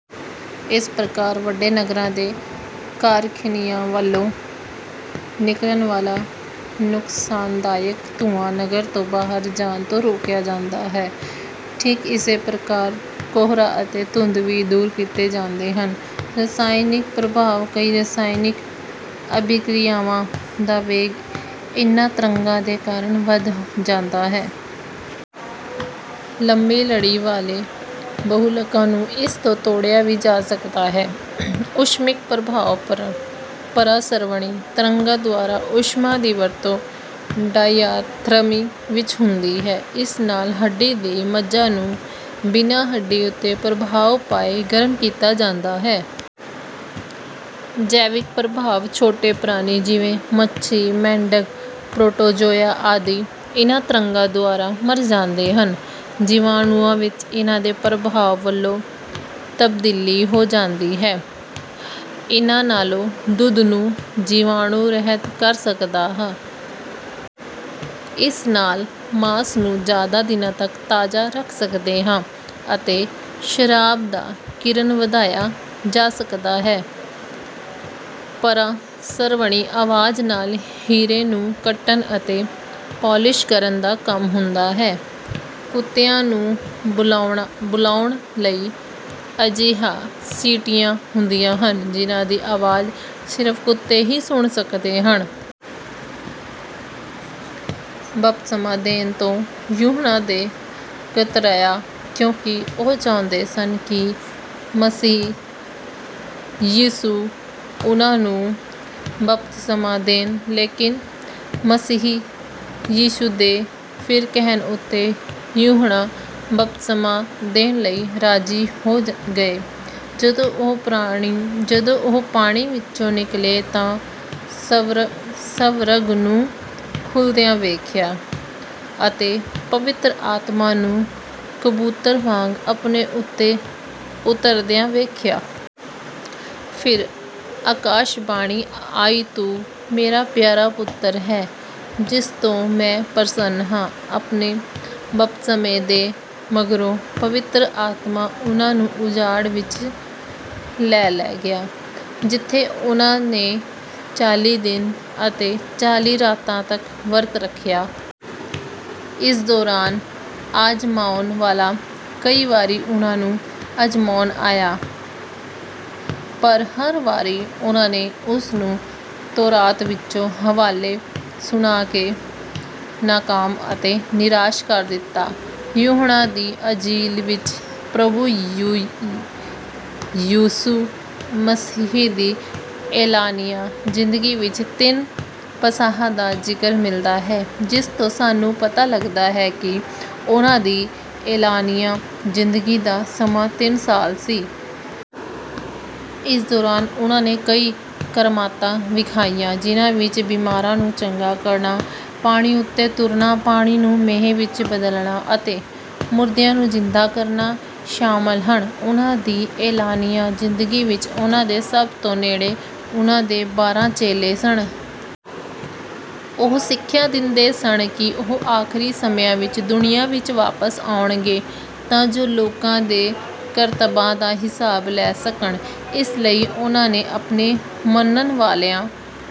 ਇਸ ਪ੍ਰਕਾਰ ਵੱਡੇ ਨਗਰਾਂ ਦੇ ਕਾਰਖਾਨਿਆਂ ਵੱਲੋਂ ਨਿਕਲਣ ਵਾਲਾ ਨੁਕਸਾਨਦਾਇਕ ਧੂੰਆਂ ਨਗਰ ਤੋਂ ਬਾਹਰ ਜਾਣ ਤੋਂ ਰੋਕਿਆ ਜਾਂਦਾ ਹੈ। ਠੀਕ ਇਸੇ ਪ੍ਰਕਾਰ ਕੋਹਰਾ ਅਤੇ ਧੁੰਦ ਵੀ ਦੂਰ ਕੀਤੇ ਜਾਂਦੇ ਹਨ। ਰਸਾਇਣਕ ਪ੍ਰਭਾਵ: ਕਈ ਰਸਾਇਣਕ ਅਭਿਕ੍ਰਿਆਵਾਂ ਦਾ ਵੇਗ ਇਨ੍ਹਾਂ ਤਰੰਗਾਂ ਦੇ ਕਾਰਨ ਵੱਧ ਜਾਂਦਾ ਹੈ। ਲੰਮੀ ਲੜੀ ਵਾਲੇ ਬਹੁਲਕਾਂ ਨੂੰ ਇਸ ਤੋਂ ਤੋੜਿਆ ਵੀ ਜਾ ਸਕਦਾ ਹੈ। ਊਸ਼ਮਿਕ ਪ੍ਰਭਾਵ: ਪਰਾ-ਸ਼ਰਵਣੀ ਤਰੰਗਾਂ ਦੁਆਰਾ ਊਸ਼ਮਾ ਦੀ ਵਰਤੋਂ ਡਾਇਆਥਰਮੀ ਵਿੱਚ ਹੁੰਦੀ ਹੈ। ਇਸ ਨਾਲ ਹੱਡੀ ਦੀ ਮੱਝਾ ਨੂੰ, ਬਿਨਾਂ ਹੱਡੀ ਉੱਤੇ ਪ੍ਰਭਾਵ ਪਾਏ, ਗਰਮ ਕੀਤਾ ਜਾਂਦਾ ਹੈ। ਜੈਵਿਕ ਪ੍ਰਭਾਵ: ਛੋਟੇ ਪ੍ਰਾਣੀ, ਜਿਵੇਂ ਮੱਛੀ, ਮੇਢਕ, ਪ੍ਰੋਟੋਜ਼ੋਆ ਆਦਿ, ਇਨ੍ਹਾਂ ਤਰੰਗਾਂ ਦੁਆਰਾ ਮਰ ਜਾਂਦੇ ਹਨ। ਜੀਵਾਣੂਆਂ ਵਿੱਚ ਇਨ੍ਹਾਂ ਦੇ ਪ੍ਰਭਾਵ ਵੱਲੋਂ ਤਬਦੀਲੀ ਹੋ ਜਾਂਦੀ ਹੈ। ਇਨ੍ਹਾਂ ਨਾਲੋਂ ਦੁੱਧ ਨੂੰ ਜੀਵਾਣੂ-ਰਹਿਤ ਕਰ ਸਕਦੇ ਹਾਂ। ਇਸ ਨਾਲ ਮਾਸ ਨੂੰ ਜ਼ਿਆਦਾ ਦਿਨਾਂ ਤੱਕ ਤਾਜ਼ਾ ਰੱਖ ਸਕਦੇ ਹਾਂ ਅਤੇ ਸ਼ਰਾਬ ਦਾ ਕਿਰਨ ਵਧਾਇਆ ਜਾ ਸਕਦਾ ਹੈ। ਪਰਾ-ਸ਼ਰਵਣੀ ਆਵਾਜ਼ ਨਾਲ ਹੀਰੇ ਨੂੰ ਕੱਟਣ ਅਤੇ ਪਾਲਿਸ਼ ਕਰਨ ਦਾ ਕੰਮ ਹੁੰਦਾ ਹੈ। ਕੁੱਤਿਆਂ ਨੂੰ ਬੁਲਾਉਣ ਲਈ ਅਜਿਹੀਆਂ ਸੀਟੀਆਂ ਹੁੰਦੀਆਂ ਹਨ ਜਿਨ੍ਹਾਂ ਦੀ ਆਵਾਜ਼ ਸਿਰਫ਼ ਕੁੱਤੇ ਹੀ ਸੁਣ ਸਕਦੇ ਹਨ। ਬਪਤਿਸਮਾ ਦੇਣ ਤੋਂ ਯੁਹੰਨਾ ਨੇ ਕਤਰਾਇਆ ਕਿਉਂਕਿ ਉਹ ਚਾਹੁੰਦੇ ਸਨ ਕਿ ਮਸੀਹ ਯਿਸੂ ਉਨ੍ਹਾਂ ਨੂੰ ਬਪਤਿਸਮਾ ਦੇਣ। ਲੇਕਿਨ ਮਸੀਹ ਯਿਸੂ ਦੇ ਫਿਰ ਕਹਿਣ ਉੱਤੇ ਯੁਹੰਨਾ ਬਪਤਿਸਮਾ ਦੇਣ ਲਈ ਰਾਜ਼ੀ ਹੋ ਗਏ। ਜਦੋਂ ਉਹ ਪਾਣੀ ਵਿੱਚੋਂ ਨਿਕਲੇ ਤਾਂ ਸਵਰਗ ਨੂੰ ਖੁੱਲ੍ਹਦਿਆਂ ਵੇਖਿਆ ਅਤੇ ਪਵਿੱਤਰ ਆਤਮਾ ਨੂੰ ਕਬੂਤਰ ਵਾਂਗ ਆਪਣੇ ਉੱਤੇ ਉਤਰਦਿਆਂ ਵੇਖਿਆ। ਫਿਰ ਅਕਾਸ਼ਬਾਣੀ ਆਈ ਤੂੰ ਮੇਰਾ ਪਿਆਰਾ ਪੁੱਤਰ ਹੈਂ, ਜਿਸ ਤੋਂ ਮੈਂ ਪ੍ਰਸੰਨ ਹਾਂ"। ਆਪਣੇ ਬਪਤਿਸਮੇ ਦੇ ਮਗਰੋਂ ਪਵਿੱਤਰ ਆਤਮਾ ਉਨ੍ਹਾਂ ਨੂੰ ਉਜਾੜ ਵਿੱਚ ਲੈ ਗਿਆ, ਜਿੱਥੇ ਉਨ੍ਹਾਂ ਨੇ ਚਾਲ੍ਹੀ ਦਿਨ ਅਤੇ ਚਾਲ੍ਹੀ ਰਾਤਾਂ ਤੱਕ ਵਰਤ ਰੱਖਿਆ। ਇਸ ਦੌਰਾਨ ਆਜ਼ਮਾਉਣ ਵਾਲਾ ਕਈ ਵਾਰੀ ਉਨ੍ਹਾਂ ਨੂੰ ਆਜ਼ਮਾਉਣ ਆਇਆ, ਪਰ ਹਰ ਵਾਰੀ ਉਨ੍ਹਾਂ ਨੇ ਉਸ ਨੂੰ ਤੋਰਾਤ ਵਿੱਚੋਂ ਹਵਾਲੇ ਸੁਣਾ ਕੇ ਨਾਕਾਮ ਅਤੇ ਨਿਰਾਸ਼ ਕਰ ਦਿੱਤਾ। ਯੁਹੰਨਾ ਦੀ ਅੰਜੀਲ ਵਿੱਚ ਪ੍ਰਭੂ ਯਿਸੂ ਮਸੀਹ ਦੀ ਐਲਾਨੀਆ ਜ਼ਿੰਦਗੀ ਵਿੱਚ ਤਿੰਨ ਪਸਾਹ ਦਾ ਜ਼ਿਕਰ ਮਿਲਦਾ ਹੈ, ਜਿਸ ਤੋਂ ਸਾਨੂੰ ਪਤਾ ਲੱਗਦਾ ਹੈ ਕਿ ਉਨ੍ਹਾਂ ਦੀ ਐਲਾਨੀਆ ਜ਼ਿੰਦਗੀ ਦਾ ਸਮਾਂ ਤਿੰਨ ਸਾਲ ਸੀ। ਇਸ ਦੌਰਾਨ ਉਨ੍ਹਾਂ ਨੇ ਕਈ ਕਰਾਮਾਤਾਂ ਵਿਖਾਈਆਂ, ਜਿਨ੍ਹਾਂ ਵਿੱਚ ਬਿਮਾਰਾਂ ਨੂੰ ਚੰਗਾ ਕਰਨਾ, ਪਾਣੀ ਉੱਤੇ ਤੁਰਨਾ, ਪਾਣੀ ਨੂੰ ਮੈਅ ਵਿੱਚ ਬਦਲਣਾ ਅਤੇ ਮੁਰਦਿਆਂ ਨੂੰ ਜ਼ਿੰਦਾ ਕਰਨਾ ਸ਼ਾਮਲ ਹਨ। ਉਨ੍ਹਾਂ ਦੀ ਐਲਾਨੀਆ ਜ਼ਿੰਦਗੀ ਵਿੱਚ ਉਨ੍ਹਾਂ ਦੇ ਸਭ ਤੋਂ ਨੇੜੇ ਉਨ੍ਹਾਂ ਦੇ ਬਾਰਾਂ ਚੇਲੇ ਸਨ। ਉਹ ਸਿਖਿਆ ਦਿੰਦੇ ਸਨ ਕਿ ਉਹ ਆਖਰੀ ਸਮਿਆਂ ਵਿੱਚ ਦੁਨੀਆ ਵਿੱਚ ਵਾਪਸ ਆਉਣਗੇ ਤਾਂ ਜੋ ਲੋਕਾਂ ਦੇ ਕਰਤੱਬਾਂ ਦਾ ਹਿਸਾਬ ਲੈ ਸਕਣ। ਇਸ ਲਈ ਓਹਨਾਂ ਨੈ ਆਪਣੇ ਮੰਨਣ ਵਾਲਿਆਂ